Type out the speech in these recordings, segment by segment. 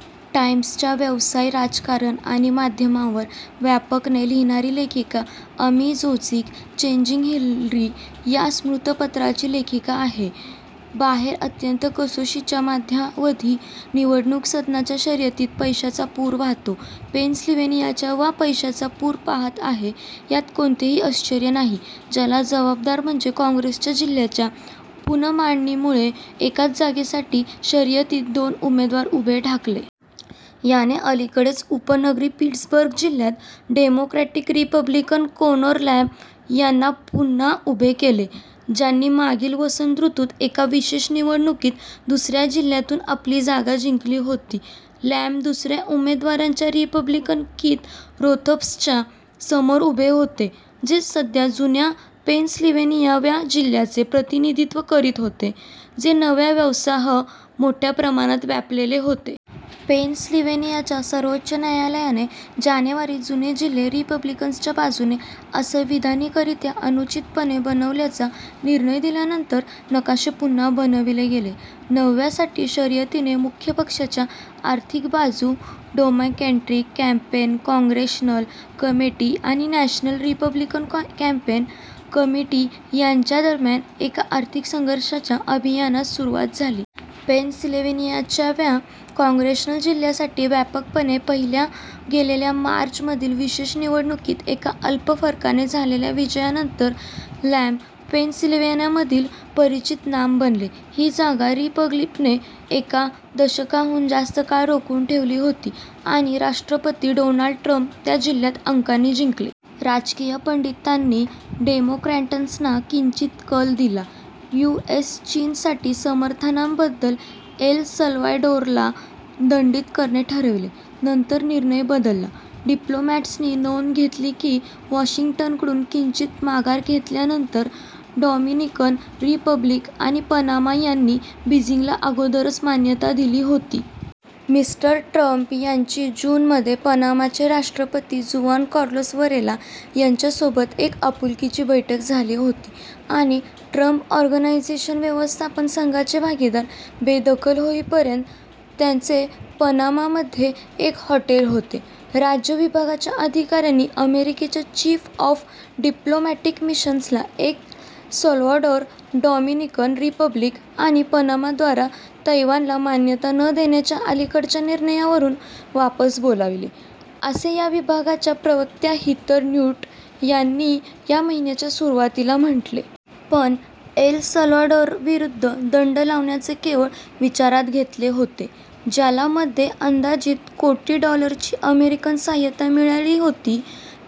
" टाइम्सच्या व्यवसाय, राजकारण आणि माध्यमांवर व्यापकपणे लिहिणारी लेखिका, अमी चोझिक "चेजिंग हिलरी" या स्मृतिपत्राची लेखिका आहे. बाहेर अत्यंत कसोशीच्या मध्यावधी निवडणूक सदनाच्या शर्यतीत पैशाचा पूर वाहतो. पेनसिल्व्हेनियाचा वा पैशांचा पूर पहात आहे यात कोणतेही आश्चर्य नाही, ज्याला जबाबदार म्हणजे काँग्रेसच्या जिल्ह्यांच्या पुनर्मांडणीमुळे एकाच जागेसाठी शर्यतीत दोन उमेदवार उभे ठाकले. याने अलीकडेच उपनगरी पिट्सबर्ग जिल्ह्यात डेमोक्रॅटिक रिपब्लिकन कोनोर लँब यांना पुन्हा उभे केले – ज्यांनी मागील वसंत ऋतूत एका विशेष निवडणुकीत दुसऱ्या जिल्ह्यातून आपली जागा जिंकली होती. लँब दुसऱ्या उमेदवाराच्या, रिपब्लिकन कीथ रोथफसच्या समोर उभे होते, जे सध्या जुन्या पेनसिल्व्हेनिया व्या जिल्ह्याचे प्रतिनिधित्व करीत होते, जे नव्या व्यासह मोठ्या प्रमाणात व्यापलेले होते. पेनसिल्व्हेनियाच्या सर्वोच्च न्यायालयाने जानेवारीत जुने जिल्हे रिपब्लिकन्सच्या बाजूने असंविधानिकरीत्या अनुचितपणे बनवल्याचा निर्णय दिल्यानंतर, नकाशे पुन्हा बनविले गेले. नव्या व्या साठी शर्यतीने मुख्य पक्षाच्या आर्थिक बाजू, डेमोक्रॅटिक कॅम्पेन काँग्रेशनल कमिटी आणि नॅशनल रिपब्लिकन कॅम्पेन कमिटी यांच्या दरम्यान एका आर्थिक संघर्षाच्या अभियानास सुरवात झाली. पेनसिल्व्हेनियाच्या व्या काँग्रेशनल जिल्ह्यासाठी व्यापकपणे पाहिल्या गेलेल्या मार्चमधील विशेष निवडणुकीत एका अल्प फरकाने झालेल्या विजयानंतर लँब पेनसिल्व्हेनियामधील परिचित नाम बनले. ती जागा रिपब्लिकनने एका दशकाहून जास्त काळ रोखून ठेवली होती, आणि राष्ट्रपती डोनाल्ड ट्रम्प त्या जिल्ह्यात अंकांनी जिंकले. राजकीय पंडितांनी डेमोक्रॅट्सना किंचित कल दिला. यु. एस. चीनसाठी समर्थनाबद्द्दल एल साल्वाडोरला दंडित करणे ठरविले, नंतर निर्णय बदलला डिप्लोमॅट्सनी नोंद घेतली की वाशिंग्टनकडून किंचित माघार घेतल्यानंतर, डॉमिनिकन रिपब्लिक आणि पनामा यांनी बीजिंगला अगोदरच मान्यता दिली होती. मि. ट्रम्प यांची जून मध्ये पनामाचे राष्ट्रपती जुआन कार्लोस वरेला यांच्यासोबत एक आपुलकीची बैठक झाली होती आणि ट्रम्प ऑर्गनायझेशन व्यवस्थापन संघाचे भागीदार बेदखल होईपर्यंत, त्यांचे पनामामध्ये एक हॉटेल होते. राज्य विभागाच्या अधिकाऱ्यांनी अमेरिकेच्या चीफ ऑफ डिप्लोमॅटिक मिशन्सला एल साल्व्हाडोर, डॉमिनिकन रिपब्लिक आणि पनामाद्वारा "तैवानला मान्यता न देण्याच्या अलीकडच्या निर्णयावरून" वापस बोलाविले, असे या विभागाच्या प्रवक्त्या हिथर न्युर्ट यांनी या महिन्याच्या सुरुवातीला म्हटले. पण एल साल्वाडोरविरुद्ध दंड लावण्याचे केवळ विचारात घेतले होते, ज्याला मध्ये अंदाजित कोटी डॉलरची अमेरिकन सहायता मिळाली होती,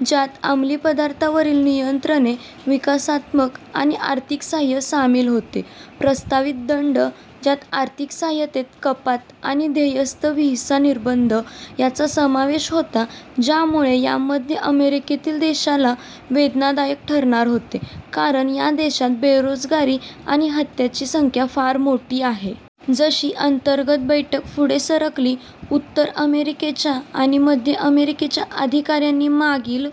ज्यात अमलीपदार्थांवरील नियंत्रणे, विकासात्मक आणि आर्थिक साहाय्य सामील होते. प्रस्तावित दंड, ज्यात आर्थिक सहायतेत कपात आणि ध्येयस्थ व्हिसा निर्बंध यांचा समावेश होता, ज्यामुळे या मध्य अमेरिकेतील देशाला वेदनादायक ठरणार होते कारण या देशात बेरोजगारी आणि हत्यांची संख्या फार मोठी आहे. जशी अंतर्गत बैठक पुढे सरकली, उत्तर अमेरिकेच्या आणि मध्य अमेरिकेच्या अधिकाऱ्यांनी मागील